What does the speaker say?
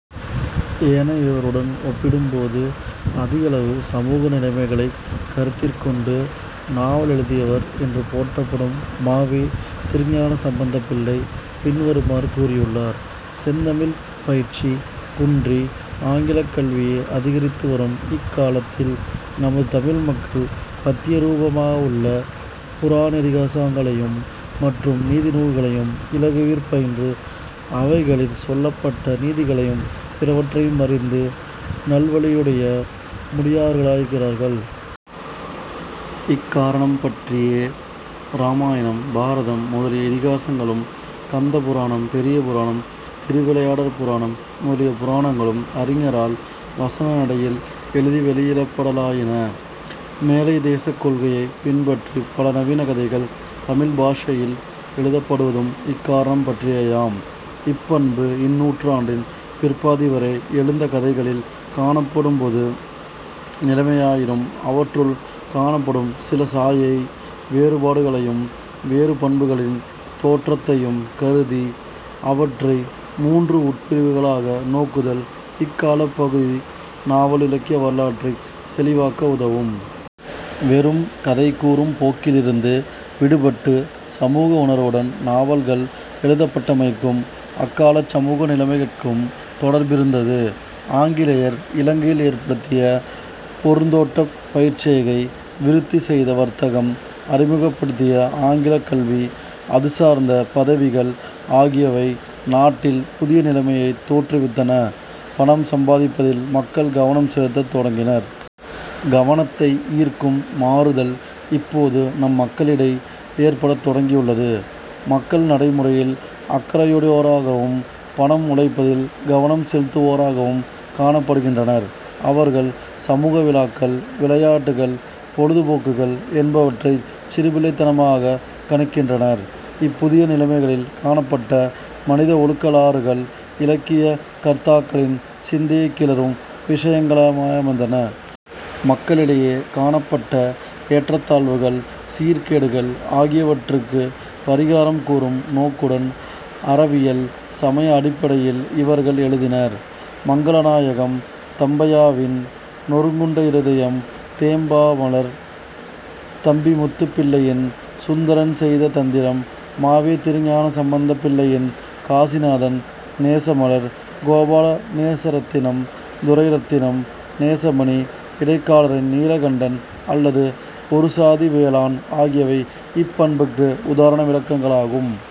ஏனையோருடன் ஒப்பிடும்போது அதிகளவு சமூக நிலைமைகளைக் கருத்திற் கொண்டு நாவலெழுதியவர் என்று போற்றப்படும் ம. வே. திருஞானசம்பந்தபிள்ளை பின்வருமாறு கூறியுள்ளார். "செந்தமிழ்ப் பயிற்சி குன்றி ஆங்கிலக் கல்வியே அதிகரித்து வரும் இக் காலத்தில் நமது தமிழ் மக்கள் பத்திய ரூபமாகவுள்ள புராணேதிகாசங்களையும் மற்றும் நீதி நூல்களையும் இலகுவிற் பயின்று அவைகளிற் சொல்லப்பட்ட நீதிகளையும் பிறவற்றையும் அறிந்து நல்வழியடைய முடியாதவர்களாயிருக்கிறார்கள். இக் காரணம் பற்றியே இராமாயணம், பாரதம், முதலிய இதிகாசங்களும், கந்தபுராணம், பெரியபுராணம், திருவிளையாடற் புராணம் முதலிய புராணங்களும் அறிஞரால் வசன நடையில் எழுதி வௌியிடப்படலாயின. மேலைத்தேசக் கொள்கையைப் பின்பற்றிப் பல நவீன கதைகள் தமிழ்ப் பாஷையில் எழுதப்படுவதும் இக் காரணம் பற்றியேயாம். ". இப் பண்பு இந்நூற்றாண்டின் பிற்பாதி வரை எழுந்த கதைகளில் காணப்படும் பொது நிலைமையாயினும் அவற்றுள் காணப்படும் சில சாயை வேறுபாடுகளையும் வேறு பண்புகளின் தோற்றத்தையும் கருதி அவற்றை மூன்று உட்பிரிவுகளாக நோக்குதல் இக் காலப் பகுதி நாவல் இலக்கிய வரலாற்றைத் தௌிவாக்க உதவும். வெறும் கதை கூறும் போக்கிலிருந்து விடுபட்டு சமூக உணர்வுடன் நாவல்கள் எழுதப்பட்டமைக்கும் அக்காலச் சமூக நிலைமைகட்கும் தொடர்பிருந்தது. ஆங்கிலேயர் இலங்கையில் ஏற்படுத்திய பொருந்தோட்டப் பயிர்ச் செய்கை, விருத்தி செய்த வர்த்தகம், அறிமுகப்படுத்திய ஆங்கிலக் கல்வி, அதுசார்ந்த பதவிகள் ஆகியவை நாட்டில் புதிய நிலைமையைத் தோற்றுவித்தன. பணம் சம்பாதிப்பதில் மக்கள் கவனம் செலுத்தத் தொடங்கினர். "கவனத்தை ஈர்க்கும் மாறுதல் இப்போது நம் மக்களிடை ஏற்படத் தொடங்கியுள்ளது. மக்கள் நடை முறையில் அக்கறையுடையோராகவும் பணம் உழைப்பதில் கவனம் செலுத்துவோராகவும் காணப்படுகின்றனர். அவர்கள் சமூக விழாக்கள், விளையாட்டுகள், பொழுது போக்குகள் என்பவற்றைச் சிறுபிள்ளைத்தனமாகக் கணிக்கின்றனர். " இப் புதிய நிலைமைகளில் காணப்பட்ட மனித ஒழுக்கலாறுகள் இலக்கிய கர்த்தாக்களின் சிந்தையைக் கிளறும் விஷயங்களாயமைந்தன. மக்களிடையே காணப்பட்ட ஏற்றத் தாழ்வுகள், சீர்கேடுகள் ஆகியவற்றுக்கு பாிகாரம் கூறும் நோக்குடன் அறவியல் சமய அடிப்படையில் இவர்கள் எழுதினர். மங்களநாயகம் தம்பையாவின் நொறுங்குண்ட இருதயம் தேம்பாமலர் தம்பிமுத்துப்பிள்ளையின் சுந்தரன் செய்த தந்திரம் ம. வே. திருஞானசம்பந்த பிள்ளையின் காசிநாதன் நேசமலர் கோபாலநேசரத்தினம் துரைரத்தினம் நேசமணி இடைக்காடாின் நீலகண்டன் அல்லது ஒரு சாதி வேளாளன் ஆகியவை இப் பண்புக்கு உதாரண விளக்கங்களாகும்.